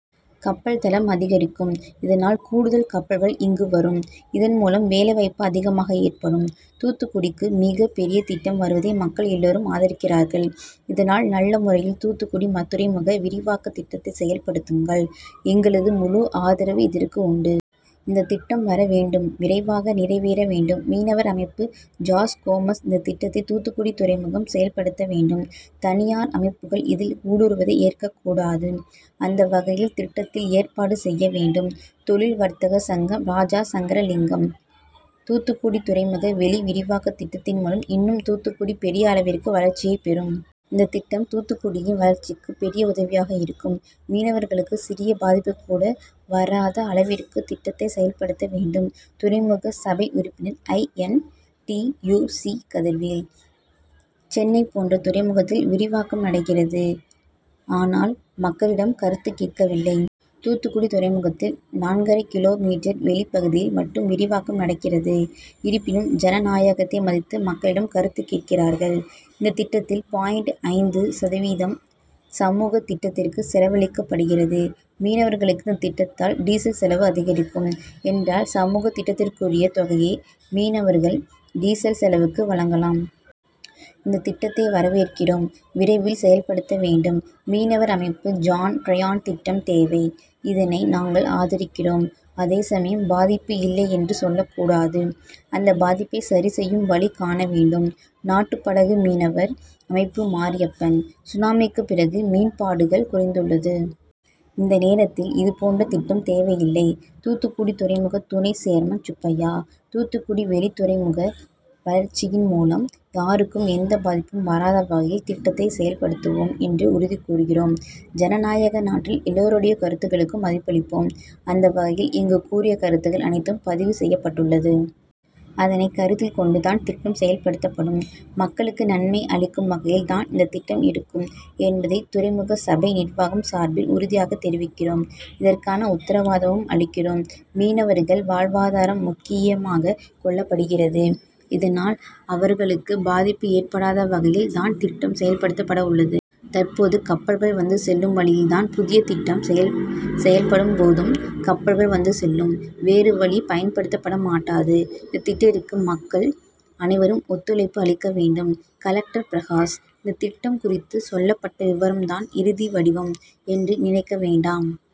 கப்பல்தளம் அதிகரிக்கும். இதனால் கூடுதல் கப்பல்கள் இங்கு வரும். இதன் மூலம் வேலைவாய்ப்பு அதிகமாக ஏற்படும். தூத்துக்குடிக்கு மிகப் பெரிய திட்டம் வருவதை மக்கள் எல்லோரும் ஆதரிக்கிறார்கள். இதனால் நல்ல முறையில் தூத்துக்குடி துறைமுக விரிவாக்க திட்டத்தை செயல்படுத்துங்கள். எங்களது முழு ஆதரவு இதற்கு உண்டு. இந்த திட்டம் வர வேண்டும். விரைவாக நிறைவேற வேண்டும். மீனவர் அமைப்பு ஜார்ஸ் கோமஸ் இந்த திட்டத்தை தூத்துக்குடி துறைமுகம் செயல்படுத்த வேண்டும். தனியார் அமைப்புகள் இதில் ஊடுறுவதை ஏற்க கூடாது. அந்த வகையில் திட்டத்தில் ஏற்பாடு செய்ய வேண்டும். தொழில் வர்த்தக சங்கம் ராஜாசங்கரலிங்கம்; தூத்துக்குடி துறைமுக வெளி விரிவாக்க திட்டத்தின் மூலம் இன்னும் தூத்துக்குடி பெரிய அளவிற்கு வளர்ச்சியை பெரும். இந்த திட்டம் தூத்துக்குடியின் வளர்ச்சிக்கு பெரிய உதவியாக இருக்கும். மீனவர்களுக்கு சிறிய பாதிப்பு கூட வராத அளவிற்கு திட்டத்தை செயல்படுத்த வேண்டும். துறைமுக சபை உறுப்பினர் I. N. T. U. C Kathirvel; Chennai போன்ற துறைமுகத்தில் விரிவாக்கம் நடக்கிறது. ஆனால் மக்களிடம் கருத்து கேட்கவில்லை. தூத்துக்குடி துறைமுகத்தில் நான்கரை கிலோ மீட்டர் வெளிப் பகுதியில் மட்டும் விரிவாக்கம் நடக்கிறது. இருப்பினும் ஜனநாயகத்தை மதித்து மக்களிடம் கருத்து கேட்கிறார்கள். இந்த திட்டத்தில் பாயிண்ட் ஐந்து சதவீதம் சமூக திட்டத்திற்கு செலவழிக்கப்படுகிறது. மீனவர்களுக்கு இந்த திட்டத்தால் டீசல் செலவு அதிகரிக்கும் என்றால் சமூக திட்டத்திற்குரிய தொகையை மீனவர்கள் டீசல் செலவுக்கு வழங்கலாம். இந்த திட்டத்தை வரவேற்கிறோம். விரைவில் செயல்படுத்த வேண்டும். மீனவர் அமைப்பு ஜான் பிராயன் திட்டம் தேவை. இதனை நாங்கள் ஆதரிக்கிறோம். அதே சமயம் பாதிப்பு இல்லை என்று சொல்லக் கூடாது. அந்த பாதிப்பை சரி செய்யும் வழி காண வேண்டும். நாட்டுபடகு மீனவர் அமைப்பு மாரியப்பன்; சுனாமிக்கு பிறகு மீன்பாடுகள் குறைந்துள்ளது. இந்த நேரத்தில் இது போன்ற திட்டம் தேவையில்லை. தூத்துக்குடி துறைமுக துணைச் சேர்மன் சுப்பையா; தூத்துக்குடி வெளித்துறைமுக வளர்ச்சியின் மூலம் யாருக்கும் எந்த பாதிப்பும் வராத வகையில் திட்டத்தை செயல்படுத்துவோம் என்று உறுதி கூறுகிறோம். ஜனநாயக நாட்டில் எல்லோருடைய கருத்துக்களுக்கும் மதிப்பளிப்போம். அந்த வகையில் இங்கு கூறிய கருத்துக்கள் அனைத்தும் பதிவு செய்யப்பட்டுள்ளது. அதனை கருத்தில் கொண்டு தான் திட்டம் செயல்படுத்தப்படும். மக்களுக்கு நன்மை அளிக்கும் வகையில் தான் இந்த திட்டம் இருக்கும் என்பதை துறைமுகசபை நிர்வாகம் சார்பில் உறுதியாக தெரிவிக்கிறோம். இதற்கான உத்தரவாதமும் அளிக்கிறோம். மீனவர்கள் வாழ்வாதாரம் முக்கியமாக கொள்ளப்படுகிறது. இதனால் அவர்களுக்கு பாதிப்பு ஏற்படாத வகையில் தான் திட்டம் செயல்படுத்தப்பட உள்ளது. தற்போது கப்பல்கள் வந்து செல்லும் வழியில் தான் புதிய திட்டம் செயல்படும் போதும் கப்பல்கள் வந்து செல்லும். வேறு வழி பயன்படுத்தப்படமாட்டாது. இந்த திட்டத்திற்கு மக்கள் அனைவரும் ஒத்துழைப்பு அளிக்க வேண்டும். கலெக்டர் பிரகாஷ்; இந்த திட்டம் குறித்து சொல்லப்பட்ட விபரம் தான் இறுதி வடிவம் என்று நினைக்க வேண்டாம்.